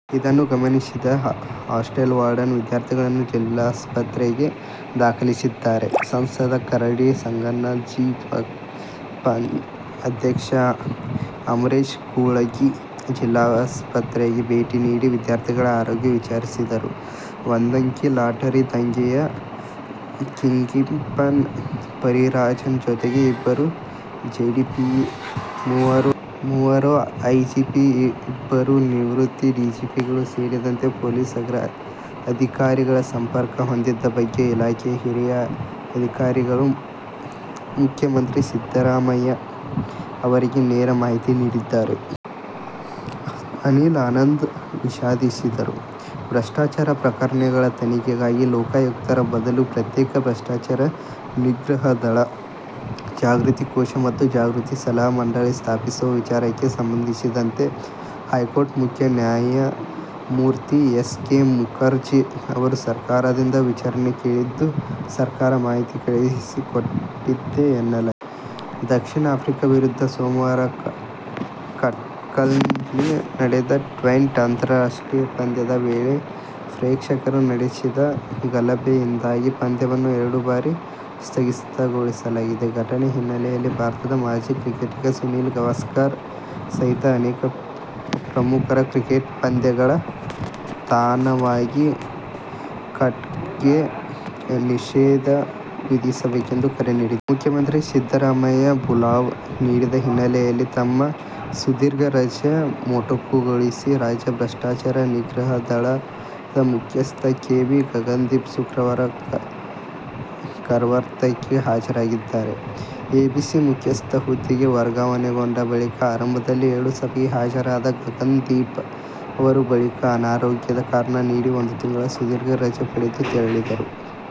ಇದನ್ನು ಗಮನಿಸಿದ hostel warden ವಿದ್ಯಾರ್ಥಿಗಳನ್ನು ಜಿಲ್ಲಾಸ್ಪತ್ರೆಗೆ ದಾಖಲಿಸಿದ್ದಾರೆ. ಸಂಸದ ಕರಡಿ ಸಂಗಣ್ಣ, ಜಿ. ಪಂ. ಅಧ್ಯಕ್ಷ ಅಮರೇಶ ಕುಳಗಿ ಜಿಲ್ಲಾಸ್ಪತ್ರೆಗೆ ಭೇಟಿ ನೀಡಿ ವಿದ್ಯಾರ್ಥಿಗಳ ಆರೋಗ್ಯ ವಿಚಾರಿಸಿದರು. ಒಂದಂಕಿ ಲಾಟರಿ ದಂಧೆಯ ಕಿಂಗ್ಪಿನ್ ಪಾರಿರಾಜನ್ ಜೊತೆಗೆ ಇಬ್ಬರು ಎಡಿಜಿಪಿ, ಮೂವರು ಐಜಿಪಿ, ಇಬ್ಬರು ನಿವೃತ್ತ ಡಿಜಿಪಿಗಳು ಸೇರಿದಂತೆ ಪೊಲೀಸ್ ಅಧಿಕಾರಿಗಳು ಸಂಪರ್ಕ ಹೊಂದಿದ್ದ ಬಗ್ಗೆ ಇಲಾಖೆಯ ಹಿರಿಯ ಅಧಿಕಾರಿಗಳು ಮುಖ್ಯಮಂತ್ರಿ ಸಿದ್ದರಾಮಯ್ಯ ಅವರಿಗೆ ನೇರ ಮಾಹಿತಿ ನೀಡಿದ್ದಾರೆ. ಅನಿಲ್ ಆನಂದ್ ವಿಷಾದಿಸಿದರು. ಭ್ರಷ್ಟಾಚಾರ ಪ್ರಕರಣಗಳ ತನಿಖೆಗಾಗಿ ಲೋಕಾಯುಕ್ತರ ಬದಲು ಪ್ರತ್ಯೇಕ ಭ್ರಷ್ಟಾಚಾರ ನಿಗ್ರಹ ದಳ, ಜಾಗೃತ ಕೋಶ ಮತ್ತು ಜಾಗೃತ ಸಲಹಾ ಮಂಡಳಿ ಸ್ಥಾಪಿಸುವ ವಿಚಾರಕ್ಕೆ ಸಂಬಂಧಿಸಿದಂತೆ ಹೈಕೋರ್ಟ್ ಮುಖ್ಯ ನ್ಯಾಯಮೂರ್ತಿ ಎಸ್. ಕೆ. ಮುಖರ್ಜಿ ಅವರು ಸರಕಾರದಿಂದ ವಿವರಣೆ ಕೇಳಿದ್ದು, ಸರಕಾರ ಮಾಹಿತಿ ಕಳುಹಿಸಿಕೊಟ್ಟಿದೆ ಎನ್ನಲಾಗಿದೆ. ದಕ್ಷಿಣ ಆಫ್ರಿಕ ವಿರುದ್ಧ ಸೋಮವಾರ ಕಟಕ್ನಲ್ಲಿ ನಡೆದ ಟ್ವೆಂಟಿ ಅಂತಾರಾಷ್ಟ್ರೀಯ ಪಂದ್ಯದ ವೇಳೆ ಪ್ರೇಕ್ಷಕರು ನಡೆಸಿದ ಗಲಭೆಯಿಂದಾಗಿ ಪಂದ್ಯವನ್ನು ಎರಡು ಬಾರಿ ಸ್ಥಗಿತಗೊಳಿಸಲಾದ ಘಟನೆಯ ಹಿನ್ನೆಲೆಯಲ್ಲಿ ಭಾರತದ ಮಾಜಿ ಕ್ರಿಕೆಟಿಗ ಸುನೀಲ್ ಗಾವಸ್ಕರ್ ಸಹಿತ ಅನೇಕ ಪ್ರಮುಖರು ಕ್ರಿಕೆಟ್ ಪಂದ್ಯಗಳ ತಾಣವಾಗಿ ಕಟಕ್ಗೆ ನಿಷೇಧ ವಿಧಿಸಬೇಕೆಂದು ಕರೆ ನೀಡಿದ್ದಾರೆ. ಮುಖ್ಯಮಂತ್ರಿ ಸಿದ್ದರಾಮಯ್ಯ ಬುಲಾವ್ ನೀಡಿದ ಹಿನ್ನೆಲೆಯಲ್ಲಿ ತಮ್ಮ ಸುದೀರ್ಘ ರಜೆ ಮೊಟಕುಗೊಳಿಸಿ ರಾಜ್ಯ ಭ್ರಷ್ಟಾಚಾರ ನಿಗ್ರಹ ದಳ ದ ಮುಖ್ಯಸ್ಥ ಕೆ. ವಿ. ಗಗನ್ ದೀಪ್ ಶುಕ್ರವಾರ ಕರ್ತವ್ಯಕ್ಕೆ ಹಾಜರಾಗಿದ್ದಾರೆ. ಎಸಿಬಿ ಮುಖ್ಯಸ್ಥ ಹುದ್ದೆಗೆ ವರ್ಗಾವಣೆಗೊಂಡ ಬಳಿಕ ಆರಂಭದಲ್ಲಿ ಎರಡು ಸಭೆಗೆ ಹಾಜರಾದ ಗಗನ್ ದೀಪ್ ಅವರು, ಬಳಿಕ ಅನಾರೋಗ್ಯದ ಕಾರಣ ನೀಡಿ ಒಂದು ತಿಂಗಳ ಸುದೀರ್ಘ ರಜೆ ಪಡೆದು ತೆರಳಿದ್ದರು.